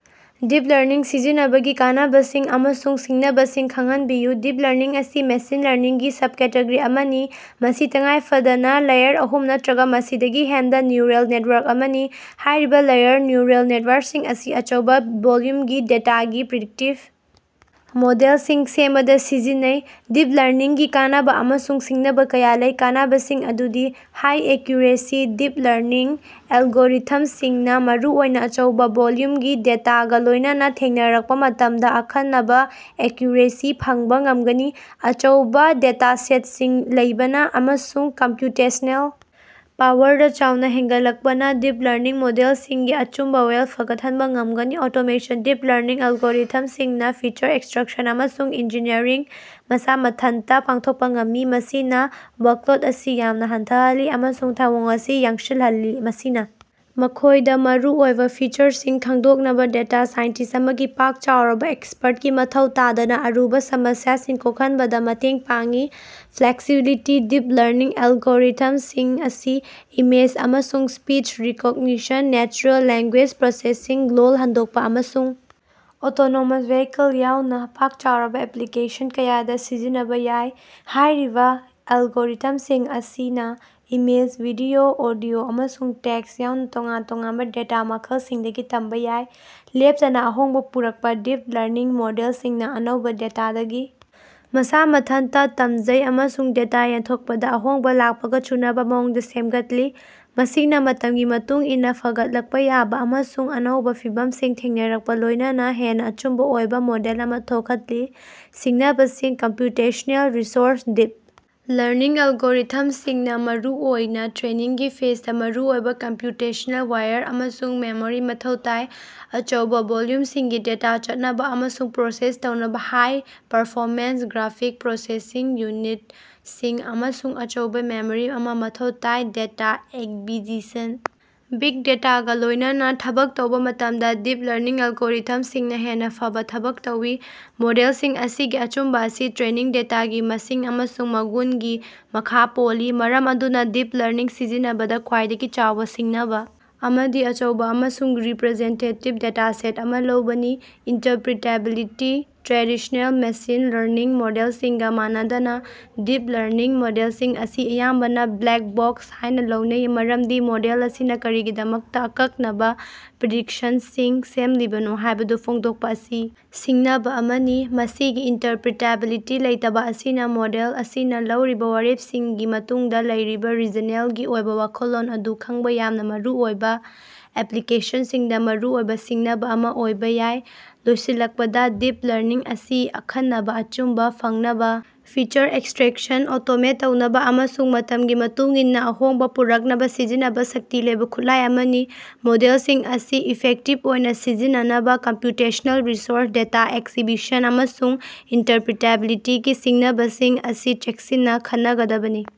Deep learning ꯁꯤꯖꯤꯟꯅꯕꯒꯤ ꯀꯥꯟꯅꯕꯁꯤꯡ ꯑꯃꯁꯨꯡ ꯁꯤꯡꯅꯕꯁꯤꯡ ꯈꯪꯍꯟꯕꯤꯌꯨ꯫ ꯗꯤꯞ ꯂꯔꯅꯤꯡ ꯑꯁꯤ ꯃꯦꯁꯤꯟ ꯂꯔꯅꯤꯡꯒꯤ ꯁꯕꯀꯦꯇꯦꯒꯣꯔꯤ ꯑꯃꯅꯤ, ꯃꯁꯤ ꯇꯉꯥꯏꯐꯗꯅꯥ ꯂꯦꯌꯔ ꯑꯍꯨꯝ ꯅꯠꯇꯔꯒ ꯃꯁꯤꯗꯒꯤ ꯍꯦꯟꯕ ꯅ꯭ꯌꯨꯔꯦꯜ ꯅꯦꯠꯋꯥꯔꯛ ꯑꯃꯅꯤ꯫ ꯍꯥꯏꯔꯤꯕ ꯂꯦꯌꯔ ꯅ꯭ꯌꯨꯔꯦꯜ ꯅꯦꯠꯋꯥꯔꯛꯁꯤꯡ ꯑꯁꯤ ꯑꯆꯧꯕ ꯚꯣꯂ꯭ꯌꯨꯝꯒꯤ ꯗꯦꯇꯥꯗꯒꯤ ꯄ꯭ꯔꯤꯗꯤꯛꯇꯤꯚ ꯃꯣꯗꯦꯜꯁꯤꯡ ꯁꯦꯝꯕꯗꯥ ꯁꯤꯖꯤꯟꯅꯩ꯫ ꯗꯤꯞ ꯂꯔꯅꯤꯡꯒꯤ ꯀꯥꯟꯅꯕꯥ ꯑꯃꯁꯨꯡ ꯁꯤꯡꯅꯕ ꯀꯌꯥ ꯂꯩ꯫ ꯀꯥꯟꯅꯕꯁꯤꯡ ꯑꯗꯨꯗꯤ, ꯍꯥꯏ ꯑꯦꯀ꯭ꯌꯨꯔꯦꯁꯤ -ꯗꯤꯞ ꯂꯔꯅꯤꯡ ꯑꯦꯜꯒꯣꯔꯤꯊꯝꯁꯤꯡꯅ ꯃꯔꯨꯑꯣꯏꯅ ꯑꯆꯧꯕ ꯚꯣꯂ꯭ꯌꯨꯝꯒꯤ ꯗꯦꯇꯥꯒ ꯂꯣꯏꯅꯅꯥ ꯊꯦꯡꯅꯔꯛꯄ ꯃꯇꯝꯗ ꯑꯈꯟꯅꯕ ꯑꯦꯀ꯭ꯌꯨꯔꯦꯁꯤ ꯐꯪꯕ ꯉꯝꯒꯅꯤ꯫ ꯑꯆꯧꯕ ꯗꯦꯇꯥꯁꯦꯠꯁꯤꯡ ꯂꯩꯕꯅ ꯑꯃꯁꯨꯡ ꯀꯝꯄ꯭ꯌꯨꯇꯦꯁ꯭ꯅꯦꯜ ꯄꯥꯋꯔꯗ ꯆꯥꯎꯅ ꯍꯦꯟꯒꯠꯂꯛꯄꯅ ꯗꯤꯞ ꯂꯔꯅꯤꯡ ꯃꯣꯗꯦꯜꯁꯤꯡꯒꯤ ꯑꯆꯨꯝꯕ ꯋꯥꯌꯦꯜ ꯐꯒꯠꯍꯟꯕ ꯉꯝꯒꯅꯤ꯫ ꯑꯣꯇꯣꯃꯦꯁꯟ - ꯗꯤꯞ ꯂꯔꯅꯤꯡ ꯑꯦꯜꯒꯣꯔꯤꯊꯝꯁꯤꯡꯅ ꯐꯤꯆꯔ ꯑꯦꯛꯁꯇ꯭ꯔꯥꯛꯁꯟ ꯑꯃꯁꯨꯡ ꯏꯟꯖꯤꯅꯤꯌꯔꯤꯡ ꯃꯁꯥ ꯃꯊꯟꯇ ꯄꯥꯡꯊꯣꯛꯄ ꯉꯝꯃꯤ, ꯃꯁꯤꯅ ꯋꯥ꯭ꯔꯛꯂꯣꯗ ꯑꯁꯤ ꯌꯥꯝꯅ ꯍꯟꯊꯍꯜꯂꯤ ꯑꯃꯁꯨꯡ ꯊꯧꯑꯣꯡ ꯑꯁꯤ ꯌꯥꯡꯁꯤꯜꯍꯜꯂꯤ꯫ ꯃꯁꯤꯅ ꯃꯈꯣꯏꯗ ꯃꯔꯨꯑꯣꯏꯕ ꯐꯤꯆꯔꯁꯤꯡ ꯈꯪꯗꯣꯛꯅꯕꯥ ꯗꯦꯇꯥ ꯁꯥꯏꯟꯇꯤꯁ꯭ꯠ ꯑꯃꯒꯤ ꯄꯥꯛ ꯆꯥꯎꯔꯕ ꯑꯦꯛꯁꯄ꯭ꯔꯠꯀꯤ ꯃꯊꯧ ꯇꯥꯗꯅ ꯑꯔꯨꯕ ꯁꯃꯁ꯭ꯌꯥꯁꯤꯡ ꯀꯣꯛꯍꯟꯕꯗ ꯃꯇꯦꯡ ꯄꯥꯡꯏ꯫ ꯐ꯭ꯂꯦꯛꯁꯤꯕꯤꯂꯤꯇꯤ - ꯗꯤꯞ ꯂꯔꯅꯤꯡ ꯑꯦꯜꯒꯣꯔꯤꯊꯝꯁꯤꯡ ꯑꯁꯤ ꯏꯃꯦꯖ ꯑꯃꯁꯨꯡ speech recognition, natural language processing ꯂꯣꯜ ꯍꯟꯗꯣꯛꯄ, ꯑꯃꯁꯨꯡ ꯑꯣꯇꯣꯅꯣꯃꯁ ꯚꯦꯍꯤꯀꯜꯁꯤꯡ ꯌꯥꯎꯅ ꯄꯥꯛ ꯆꯥꯎꯔꯕ ꯑꯦꯄ꯭ꯂꯤꯀꯦꯁꯟ ꯀꯌꯥꯗ ꯁꯤꯖꯤꯟꯅꯕꯥ ꯌꯥꯏ꯫ ꯍꯥꯏꯔꯤꯕ ꯑꯦꯜꯒꯣꯔꯤꯊꯝꯁꯤꯡ ꯑꯁꯤꯅ ꯏꯃꯦꯖ, ꯚꯤꯗꯤꯑꯣ, ꯑꯣꯗꯤꯑꯣ, ꯑꯃꯁꯨꯡ ꯇꯦꯛꯁ ꯌꯥꯎꯅ ꯇꯣꯉꯥꯟ ꯇꯣꯉꯥꯟꯕ ꯗꯦꯇꯥ ꯃꯈꯜꯁꯤꯡꯗꯒꯤ ꯇꯝꯕꯥ ꯌꯥꯏ꯫ ꯂꯦꯞꯇꯅꯥ ꯑꯍꯣꯡꯕ ꯄꯨꯔꯛꯄ‌ - ꯗꯤꯞ ꯂꯔꯅꯤꯡ ꯃꯣꯗꯦꯜꯁꯤꯡꯅ ꯑꯅꯧꯕ ꯗꯦꯇꯥꯗꯒꯤ ꯃꯁꯥ ꯃꯊꯟꯇ ꯇꯝꯖꯩ ꯑꯃꯁꯨꯡ ꯗꯦꯇꯥ ꯌꯦꯟꯊꯣꯛꯄꯗ ꯑꯍꯣꯡꯕꯥ ꯂꯥꯛꯄꯒ ꯆꯨꯅꯕ‌ ꯃꯑꯣꯡꯗ ꯁꯦꯝꯒꯠꯂꯤ꯫ ꯃꯁꯤꯅ ꯃꯇꯝꯒꯤ ꯃꯇꯨꯡ ꯏꯟꯅ ꯐꯒꯠꯂꯛꯄ ꯌꯥꯕ ꯑꯃꯁꯨꯡ ꯑꯅꯧꯕ ꯐꯤꯚꯝꯁꯤꯡ ꯊꯦꯡꯅꯔꯛꯄꯒ ꯂꯣꯏꯅꯅꯥ ꯍꯦꯟꯅ ꯑꯆꯨꯝꯕ ꯑꯣꯏꯕ ꯃꯣꯗꯦꯜ ꯑꯃ ꯊꯣꯛꯍꯜꯂꯤ꯫ ꯁꯤꯡꯅꯕꯁꯤꯡ ,ꯀꯝꯄ꯭ꯌꯨꯇꯦꯁ꯭ꯅꯦꯜ ꯔꯤꯁꯣꯔꯁ - ꯗꯤꯞ ꯂꯔꯅꯤꯡ ꯑꯦꯜꯒꯣꯔꯤꯊꯝꯁꯤꯡꯅ ꯃꯔꯨꯑꯣꯏꯅ ꯇ꯭ꯔꯦꯅꯤꯡꯒꯤ ꯐꯦꯖꯗꯥ ꯃꯔꯨꯑꯣꯏꯕ ꯀꯝꯄ꯭ꯌꯨꯇꯦꯁꯅꯦꯜ ꯄꯥꯋꯔ ꯑꯃꯁꯨꯡ ꯃꯦꯃꯣꯔꯤ ꯃꯊꯧ ꯇꯥꯏ꯫ ꯑꯆꯧꯕ ꯚꯣꯂ꯭ꯌꯨꯝꯁꯤꯡꯒꯤ ꯗꯦꯇꯥ ꯆꯠꯅꯕ ꯑꯃꯁꯨꯡ ꯄ꯭ꯔꯣꯁꯦꯁ ꯇꯧꯅꯕ, ꯍꯥꯏ-ꯄꯥꯔꯐꯣꯔꯃꯦꯟꯁ ꯒ꯭ꯔꯥꯐꯤꯛ ꯄ꯭ꯔꯣꯁꯦꯁꯤꯡ ꯌꯨꯅꯤꯠ ꯁꯤꯡ ꯑꯃꯁꯨꯡ ꯑꯆꯧꯕ ꯃꯦꯃꯣꯔꯤ ꯑꯃ ꯃꯊꯧ ꯇꯥꯏ꯫ ꯗꯦꯇꯥ ꯑꯦꯛꯕꯤꯖꯤꯁꯟ - ꯕꯤꯒ ꯗꯦꯇꯥ ꯒꯥ ꯂꯣꯏꯅꯅꯥ ꯊꯕꯛ ꯇꯧꯕ‌ ꯃꯇꯝꯗ ꯗꯤꯞ ꯂꯔꯅꯤꯡ ꯑꯦꯜꯒꯣꯔꯤꯊꯝꯁꯤꯡꯅ ꯍꯦꯟꯅ ꯐꯕꯥ ꯊꯕꯛ ꯇꯧꯏ꯫ ꯃꯣꯗꯦꯜꯁꯤꯡ ꯑꯁꯤꯒꯤ ꯑꯆꯨꯝꯕ ꯑꯁꯤ ꯇ꯭ꯔꯦꯅꯤꯡ ꯗꯦꯇꯥꯒꯤ ꯃꯁꯤꯡ ꯑꯃꯁꯨꯡ ꯃꯒꯨꯟꯒꯤ ꯃꯈꯥ ꯄꯣꯜꯂꯤ꯫ ꯃꯔꯝ ꯑꯗꯨꯅ ꯗꯤꯞ ꯂꯔꯅꯤꯡ ꯁꯤꯖꯤꯟꯅꯕꯗ ꯈ꯭ꯋꯥꯏꯗꯒꯤ ꯆꯥꯎꯕ ꯁꯤꯡꯅꯕ ꯑꯃꯗꯤ ꯑꯆꯧꯕ ꯑꯃꯁꯨꯡ ꯔꯤꯄꯔꯖꯦꯟꯇꯦꯇꯤꯕ ꯗꯦꯇꯥꯁꯦꯠ ꯑꯃ ꯂꯧꯕꯅꯤ꯫ ꯏꯟꯇꯔꯄ꯭ꯔꯤꯇꯦꯕꯤꯂꯤꯇꯤ - ꯇ꯭ꯔꯦꯗꯤꯁ꯭ꯅꯦꯜ ꯃꯦꯁꯤꯟ ꯂꯔꯅꯤꯡ ꯃꯣꯗꯦꯜꯁꯤꯡꯒ ꯃꯥꯟꯅꯗꯅꯥ, ꯗꯤꯞ ꯂꯔꯅꯤꯡ ꯃꯣꯗꯦꯜꯁꯤꯡ ꯑꯁꯤ ꯑꯌꯥꯝꯕꯅ ꯕ꯭ꯂꯦꯛ ꯕꯣꯛꯁ ꯍꯥꯏꯅ ꯂꯧꯅꯩ ꯃꯔꯝꯗꯤ ꯃꯣꯗꯦꯜ ꯑꯁꯤꯅ ꯀꯔꯤꯒꯤꯗꯃꯛꯇ ꯑꯀꯛꯅꯕ ꯄ꯭ꯔꯤꯗꯤꯛꯁꯟꯁꯤꯡ ꯁꯦꯝꯂꯤꯕꯅꯣ ꯍꯥꯏꯕꯗꯨ ꯐꯣꯡꯗꯣꯛꯄ ꯑꯁꯤ ꯁꯤꯡꯅꯕꯥ ꯑꯃꯅꯤ꯫ ꯃꯁꯤꯒꯤ ꯏꯟꯇꯔꯄ꯭ꯔꯤꯇꯦꯕꯤꯂꯤꯇꯤ ꯂꯩꯇꯕꯥ ꯑꯁꯤꯅ ꯃꯣꯗꯦꯜ ꯑꯁꯤꯅ ꯂꯧꯔꯤꯕ ꯋꯥꯔꯦꯞꯁꯤꯡꯒꯤ ꯃꯇꯨꯡꯗ ꯂꯩꯔꯤꯕ ꯔꯤꯖꯅꯦꯜꯒꯤ ꯑꯣꯏꯕ ꯋꯥꯈꯜꯂꯣꯟ ꯑꯗꯨ ꯈꯪꯕ ꯌꯥꯝꯅ ꯃꯔꯨ ꯑꯣꯏꯕ ꯑꯦꯄ꯭ꯂꯤꯀꯦꯁꯟꯁꯤꯡꯗ ꯃꯔꯨꯑꯣꯏꯕ ꯁꯤꯡꯅꯕꯥ ꯑꯃ ꯑꯣꯏꯕ ꯌꯥꯏ꯫ ꯂꯣꯏꯁꯤꯜꯂꯛꯄꯗ, ꯗꯤꯞ ꯂꯔꯅꯤꯡ ꯑꯁꯤ ꯑꯈꯟꯅꯕ ꯑꯆꯨꯝꯕ ꯐꯪꯅꯕꯥ, ꯐꯤꯆꯔ ꯑꯦꯛꯁꯇ꯭ꯔꯦꯛꯁꯟ ꯑꯣꯇꯣꯃꯦꯠ ꯇꯧꯅꯕꯥ ꯑꯃꯁꯨꯡ ꯃꯇꯝꯒꯤ ꯃꯇꯨꯡ ꯏꯟꯅ ꯑꯍꯣꯡꯕ ꯄꯨꯔꯛꯅꯕ ꯁꯤꯖꯤꯟꯅꯕ ꯁꯛꯇꯤ ꯂꯩꯕ ꯈꯨꯠꯂꯥꯏ ꯑꯃꯅꯤ꯫ ꯃꯣꯗꯦꯜꯁꯤꯡ ꯑꯁꯤ ꯏꯐꯦꯛꯇꯤꯕ ꯑꯣꯏꯅ ꯁꯤꯖꯤꯟꯅꯅꯕꯥ ꯀꯝꯄ꯭ꯌꯨꯇꯦꯁ꯭ꯅꯦꯜ ꯔꯤꯁꯣꯔꯁ, ꯗꯦꯇꯥ ꯑꯦꯛꯖꯤꯕꯤꯁꯟ, ꯑꯃꯁꯨꯡ ꯏꯟꯇꯔꯄ꯭ꯔꯤꯇꯦꯕꯤꯂꯤꯇꯤꯒꯤ ꯁꯤꯡꯅꯕꯁꯤꯡ ꯑꯁꯤ ꯆꯦꯛꯁꯤꯟꯅ ꯈꯟꯅꯒꯗꯕꯅꯤ꯫